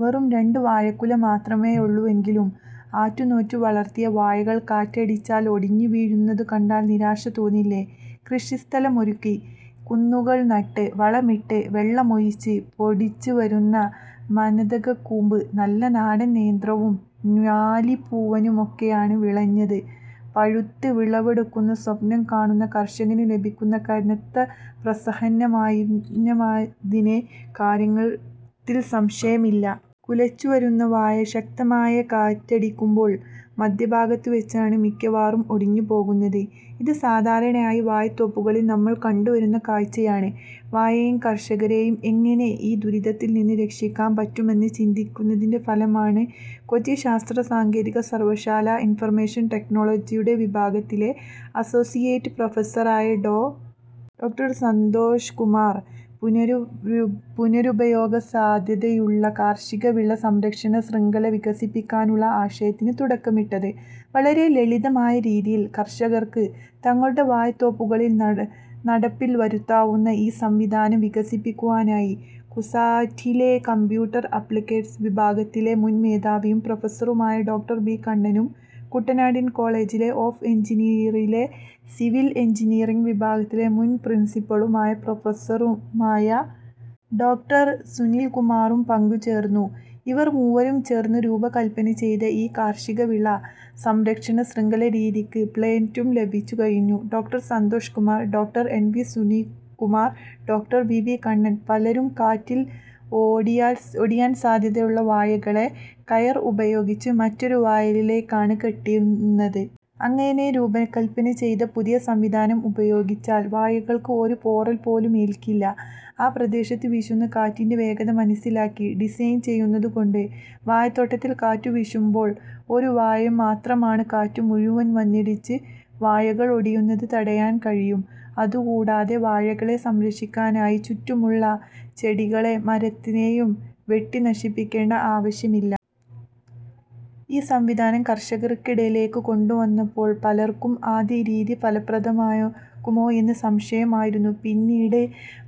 വെറും രണ്ട് വാഴക്കുല മാത്രമേയുള്ളുവെങ്കിലും ആറ്റുനോറ്റു വളര്‍ത്തിയ വാഴകള്‍ കാറ്റടിച്ചാൽ ഒടിഞ്ഞു വീഴുന്നത് കണ്ടാല്‍ നിരാശ തോന്നില്ലേ? കൃഷിസ്ഥലമൊരുക്കി കുന്നുകള്‍ നട്ട് വളമിട്ട് വെള്ളമൊഴിച്ച് പൊടിച്ചു വരുന്ന മരതകക്കൂമ്പ് നല്ല നാടന്‍ നേന്ത്രനും ഞാലിപ്പൂവനുമൊക്കെയായി വിളഞ്ഞ് പഴുത്ത് വിളവെടുക്കുന്നത് സ്വപ്നം കാണുന്ന കര്‍ഷകന്‍ ലഭിക്കുന്ന കനത്ത പ്രഹരമായിരിക്കുമിതെന്ന കാര്യത്തില്‍ സംശയമില്ല. കുലച്ച് വരുന്ന വാഴകളിൽ ശക്തമായ കാറ്റടിക്കുമ്പോള്‍ മധ്യഭാഗത്ത് വെച്ചാണ് മിക്കവാറും ഒടിഞ്ഞുപോകുന്നത്. ഇത് സാധാരണയായി വാഴത്തോപ്പുകളില്‍ നമ്മള്‍ കണ്ടുവരുന്ന കാഴ്ചയാണ്. വാഴയെയും കര്‍ഷകരെയും എങ്ങനെ ഈ ദുരിതത്തില്‍ നിന്ന് രക്ഷിക്കാന്‍ പറ്റുമെന്ന് ചിന്തിച്ചതിന്‍റെ ഫലമായാണ് കൊച്ചി ശാസ്ത്രസാങ്കേതിക സര്‍വകലാശാലയിലെ ഇന്‍ഫര്‍മേഷൻ ടെക്നോളജി വിഭാഗത്തിലെ അസോസിയേറ്റ് പ്രൊഫസറായ ഡോ. സന്തോഷ് കുമാര്‍ പുനരുപയോഗ സാധ്യതയുള്ള കാര്‍ഷിക വിള സംരക്ഷണ ശ്യംഖല വികസിപ്പിക്കാനുള്ള ആശയത്തിന് തുടക്കമിട്ടത്. വളരെ ലളിതമായ രീതിയില്‍ കര്‍ഷകര്‍ക്ക് തങ്ങളുടെ വാഴത്തോപ്പുകളില്‍ നടപ്പില്‍ വരുത്താവുന്ന ഈ സംവിധാനം വികസിപ്പിക്കാനായി കുസാറ്റിലെ കമ്പ്യൂട്ടര്‍ ആപ്ലിക്കേഷൻസ് വിഭാഗത്തിലെ മുന്‍ മേധാവിയും പ്രൊഫസറുമായ ഡോ. ബി കണ്ണനും കുട്ടനാട്ടിലെ കോളജ് ഓഫ് എഞ്ചിനീയറിങ്ങിലെ സിവില്‍ എഞ്ചിനീയറിങ്ങ് വിഭാഗം മുന്‍ പ്രിന്‍സിപ്പലും പ്രൊഫസറുമായ ഡോ. എന്‍. സുനില്‍ കുമാറും പങ്കുചേര്‍ന്നു. ഇവര്‍ മൂവരും ചേര്‍ന്ന് രൂപകല്പന ചെയ്ത ഈ കാര്‍ഷിക വിള സംരക്ഷണ ശ്യംഖലാ രീതിക്ക് പേറ്റന്‍റും ലഭിച്ചു കഴിഞ്ഞു. ഡോ. സന്തോഷ് കുമാർ, ഡോ. എൻ. സുനിൽ കുമാർ, ഡോ. ബി. കണ്ണൻ ' പലരും കാറ്റില്‍ ഒടിയാന്‍ സാധ്യതയുള്ള വാഴകളെ കയര്‍ ഉപയോഗിച്ച് മറ്റൊരു വാഴയിലേക്കാണ് കെട്ടുന്നത്. ഞങ്ങള്‍ രൂപകല്‍പ്പന ചെയ്ത പുതിയ സംവിധാനം ഉപയോഗിച്ചാല്‍ വാഴയ്ക്ക് ഒരു പോറല്‍ പോലുമേൽക്കില്ല. ആ പ്രദേശത്ത് വീശുന്ന കാറ്റിന്‍റെ വേഗത മനസിലാക്കി ഡിസൈൻ ചെയ്യുന്നതുകൊണ്ട് വാഴത്തോട്ടത്തിൽ കാറ്റുവീശുമ്പോൾ ഒരു വാഴയ്ക്കു മാത്രമായി കാറ്റ് മുഴുവന്‍ വന്നടിച്ച് വാഴകള്‍ ഒടിയുന്നത് തടയാന്‍ കഴിയും. അതുകൂടാതെ വാഴകളെ സംരക്ഷിക്കാനായി ചുറ്റുമുള്ള ചെടികളെയും മരങ്ങളെയും വെട്ടി നശിപ്പിക്കേണ്ട ആവശ്യവുമില്ല. ഈ സംവിധാനം കർഷകർക്കിടയിലേക്ക് കൊണ്ടുവന്നപ്പോള്‍ പലര്‍ക്കും ആദ്യം ഈ രീതി ഫലപ്രദമാകുമോയെന്ന സംശയമായിരുന്നു. പിന്നീട്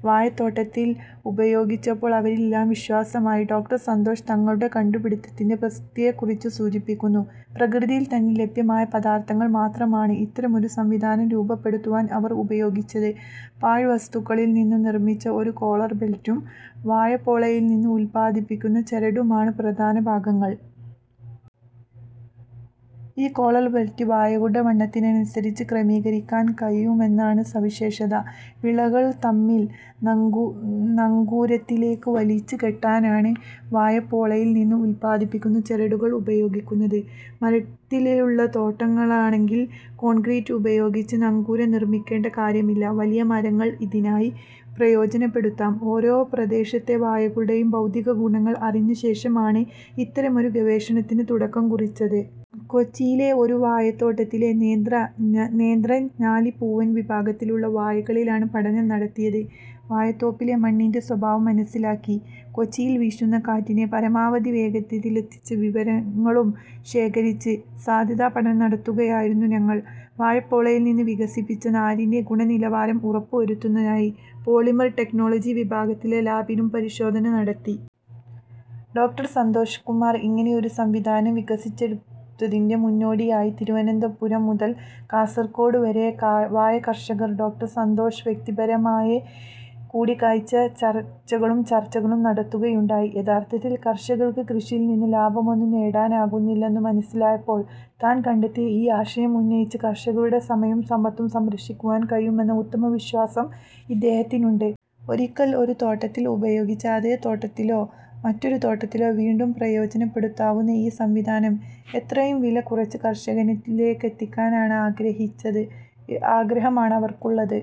വാഴത്തോട്ടത്തിൽ ഉപയോഗിച്ചപ്പോള്‍ അവരിലെല്ലാം വിശ്വാസമുണ്ടായി ' ഡോ. സന്തോഷ് തങ്ങളുടെ കണ്ടുപിടുത്തത്തിന്‍റെ പ്രസക്തിയെക്കുറിച്ച് സൂചിപ്പിക്കുന്നു. പ്രകൃതിയില്‍ തന്നെ ലഭ്യമായ പദാർത്തങ്ങൾ മാത്രമാണ് ഇത്തരമൊരു സംവിധാനം രൂപപ്പെടുത്താൻ ഇവര്‍ ഉപയോഗിച്ചിരിക്കുന്നത്. പാഴ് വസ്തുക്കളില്‍ നിന്ന് നിര്‍മിച്ച ഒരു കോളർ ബെൽറ്റും വാഴപ്പോളയില്‍ നിന്ന് ഉത്പാദിപ്പിക്കുന്ന ചരടുമാണ് പ്രധാന ഭാഗങ്ങള്‍. ഈ കോളർ ബെൽറ്റ് വാഴകളുടെ വണ്ണത്തിനനുസരിച്ച് ക്രമീകരിക്കാന്‍ കഴിയുമെന്നതാണ് സവിശേഷത. വിളകള്‍ തമ്മിലും നങ്കൂരത്തിലേക്കും വലിച്ചു കെട്ടാനായാണ് വാഴപ്പോളയില്‍ നിന്ന് ഉത്പാദിപ്പിക്കുന്ന ചരടുകള്‍ ഉപയോഗിക്കുന്നത്. മരങ്ങളുള്ള തോട്ടങ്ങളാണെങ്കിൽ കോണ്ക്രീറ്റ് ഉപയോഗിച്ച് നങ്കൂരം നിര്‍മിക്കേണ്ട കാര്യമില്ല. വലിയ മരങ്ങളെ ഇതിനായി പ്രയോജനപ്പെടുത്താം. ' ഓരോ പ്രദേശത്തെയും വാഴകളുടെ ഭൗതിക ഗുണങ്ങള്‍ അറിഞ്ഞ ശേഷമാണ് ഇത്തരമൊരു ഗവേഷണത്തിന് തുടക്കം കുറിച്ചത്. കൊച്ചിയിലെ ഒരു വാഴത്തോട്ടത്തിലുള്ള നേന്ത്രൻ, ഞാലിപ്പൂവന് വിഭാഗത്തിലുള്ള വാഴകളിലാണ് പഠനം നടത്തിയത്. വാഴത്തോപ്പിലെ മണ്ണിന്‍റെ സ്വഭാവവും മനസിലാക്കി. കൊച്ചിയില്‍ വീശുന്ന കാറ്റിന്‍റെ പരമാവധി വേഗതയെപ്പറ്റിയുള്ള വിവരങ്ങളും ശേഖരിച്ച് സാധ്യതാ പഠനം നടത്തുകയായിരുന്നു ഞങ്ങള്‍. വാഴപ്പോളയില്‍ നിന്ന് വികസിപ്പിച്ച നാരിന്‍റെ ഗുണനിലവാരം ഉറപ്പുവരുത്താനായി പോളിമർ ടെക്നോളജി വിഭാഗത്തിലെ ലാബിലും പരിശോധന നടത്തി. സന്തോഷ് കുമാർ ഇങ്ങനെയൊരു സംവിധാനം വികസിപ്പിച്ചെടുക്കുന്നതിന്റെ മുന്നോടിയായി തിരുവനന്തപുരം മുതല്‍ കാസര്‍കോട് വരെയുള്ള വാഴക്കർഷകരുമായി ഡോ. സന്തോഷ് വ്യക്തിപരമായി കൂടിക്കാഴ്ചകളും ചര്‍ച്ചകളൊക്കെ നടത്തുകയുണ്ടായി. യഥാര്‍ഥത്തിൽ കര്‍ഷകര്‍ക്ക് കൃഷിയില്‍ നിന്ന് ലാഭമൊന്നും നേടാനാകുന്നില്ലെന്ന് മനസിലാക്കിയപ്പോള്‍ താന്‍ കണ്ടെത്തിയ ഈ ആശയമുപയോഗിച്ച് കര്‍ഷകരുടെ സമയവും സമ്പത്തും സംരക്ഷിക്കാന്‍ കഴിയുമെന്ന ഉത്തമ വിശ്വാസം ഇദ്ദേഹത്തിനുണ്ട്. ഒരിക്കല്‍ ഒരു തോട്ടത്തില്‍ ഉപയോഗിച്ചാല്‍ അതേ തോട്ടത്തിലോ മറ്റൊരു തോട്ടത്തിലോ വീണ്ടും പ്രയോജനപ്പെടുത്താവുന്ന ഈ സംവിധാനം എത്രയും വില കുറച്ച് കർഷകരിലേക്കെത്തിക്കണമെന്ന ആഗ്രഹമാണ് ഇവർക്കുള്ളത്.